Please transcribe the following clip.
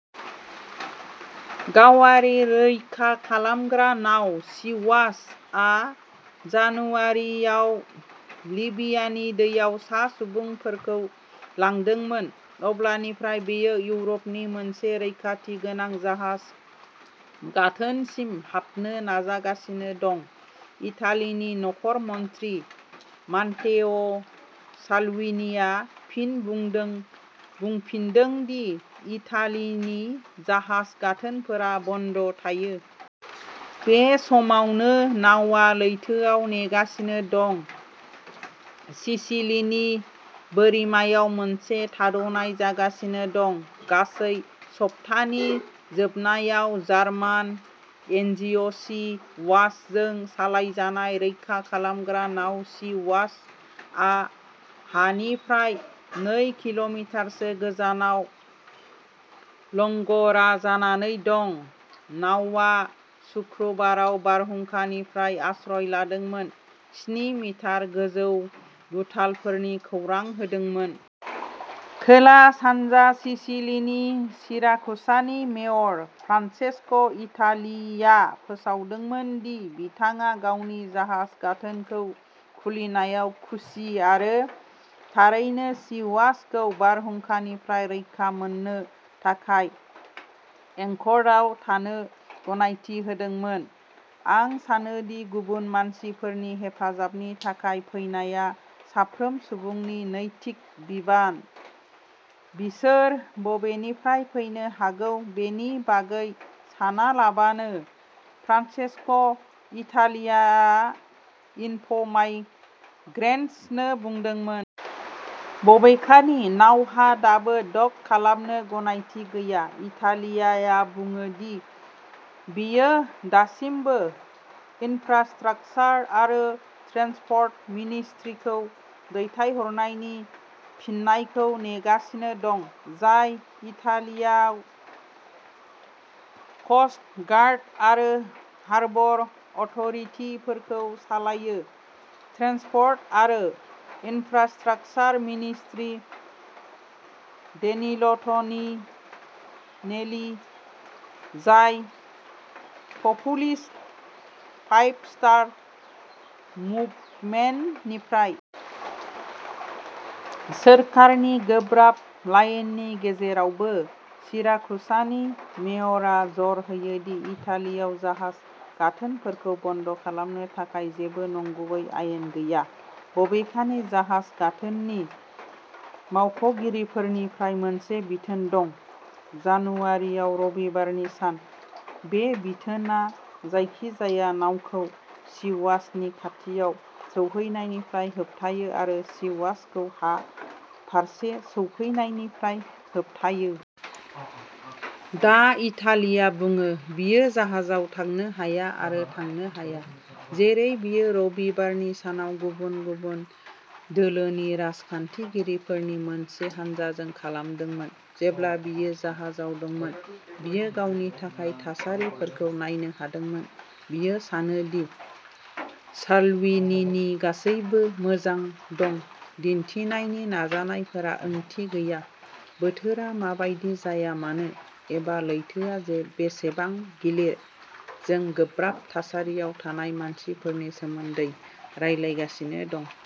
गावारि रैखा खालामग्रा नाव "सी वाच " आ जानुवारिआव लिबियानि दैयाव सा सुबुंफोरखौ लांदोंमोन। अब्लानिफ्राय, बेयो इउर'पनि मोनसे रैखाथि गोनां जाहाज गाथोनसिम हाबनो नाजागासिनो दं। इटालिनि नखर मन्थ्रि मात्तेअ साल्विनीआ फिन बुंफिनदों दि इटालिनि जाहाज गाथोनफोरा बन्द'थायो। बे समावनो, नावआ लैथोआव नेगासिनो दं। सिसिलीनि बोरिमायाव मोनसे थाद'नाय जागासिनो दं। गासै सप्तानि जोबनायाव, जार्मान एनजिअ'सी वाचजों सालायजानाय रैखा खालामग्रा नाव सी वाच आ हानिफ्राय नै किल'मिटारसो गोजानाव लंग'रा जानानै दं। नावआ सुक्रुबाराव बारहुंखानिफ्राय आश्रय लादोंमोन, स्नि मिटार गोजौ गुथालफोरनि खौरां होदोंमोन। खोला-सानजा सिसिलीनि सिराकुसानि मेयर, फ्रान्सेस्क'इटालियाआ फोसावदोंमोन दि बिथाङा गावनि जाहाज गाथोनखौ खुलिनायाव खुसि आरो थारैनो सी वाच खौ बारहुंखानिफ्राय रैखा मोननो थाखाय एंकरआव थानो गनायथि होदोंमोन। "आं सानो दि गुबुन मानसिफोरनि हेफाजाबनि थाखाय फैनाया साफ्रोम सुबुंनि नैतिक बिबान, बिसोर बबेनिफ्राय फैनो हागौ बेनि बागै सानालाबानो", फ्रान्सेस्क'इटालियाआ इनफ'माइग्रेन्ट्सनो बुंदोंमोन। बबेखानि, नावहा दाबो डक खालामनो गनायथि गैया। इटालियाआ बुङो दि बियो दासिमबो इन्फ्रास्ट्राकचार आरो ट्रेन्सपर्ट मिनिस्ट्रिखौ दैथायहरनायनि फिननायखौ नेगासिनो दं, जाय इटालियाव क'स्ट गार्ड आरो हार्बर अथ'रिटिफोरखौ सामलायो। ट्रेन्सपर्ट आरो इन्फ्रास्ट्राकचार मिनिस्ट्रि डेनिल'ट'निनेलि, जाय पपुलिस्ट फाइभ स्टार मुभमेन्ट निफ्राय। सोरखारनि गोब्राब लाइननि गेजेरावबो, सिराकुसानि मेयरआ जर होयो दि इटालियाव जाहाज गाथोनफोरखौ बन्द खालामनो थाखाय जेबो नंगुबै आयेन गैया। बबेखानि, जाहाज गाथोननि मावख'गिरिफोरनिफ्राय मोनसे बिथोन दं। जानुवारियाव रबिबारनि सान। बे बिथोनआ जायखिजाया नावखौ सी वाचनि खाथियाव सौहैनायनिफ्राय होबथायो आरो सी वाचखौ हा फारसे सौफैनायनिफ्राय होबथायो। दा, इटालिया बुङो, बियो जाहाजाव थांनो हाया आरो थांनो हाया, जेरै बियो रबिबारनि सानाव गुबुन गुबुन दोलोनि राजखान्थिगिरिफोरनि मोनसे हानजाजों खालामदोंमोन। जेब्ला बियो जाहाजाव दंमोन, बियो गावनि थाखाय थासारिफोरखौ नायनो हादोंमोन। बियो सानो दि साल्विनीनि गासैबो मोजां दं दिन्थिनायनि नाजानायफोरा ओंथि गैयाः "बोथोरा माबायदि जाया मानो, एबा लैथोआ बेसेबां गिलिर, जों गोब्राब थासारियाव थानाय मानसिफोरनि सोमोन्दै रायलायगासिनो दं।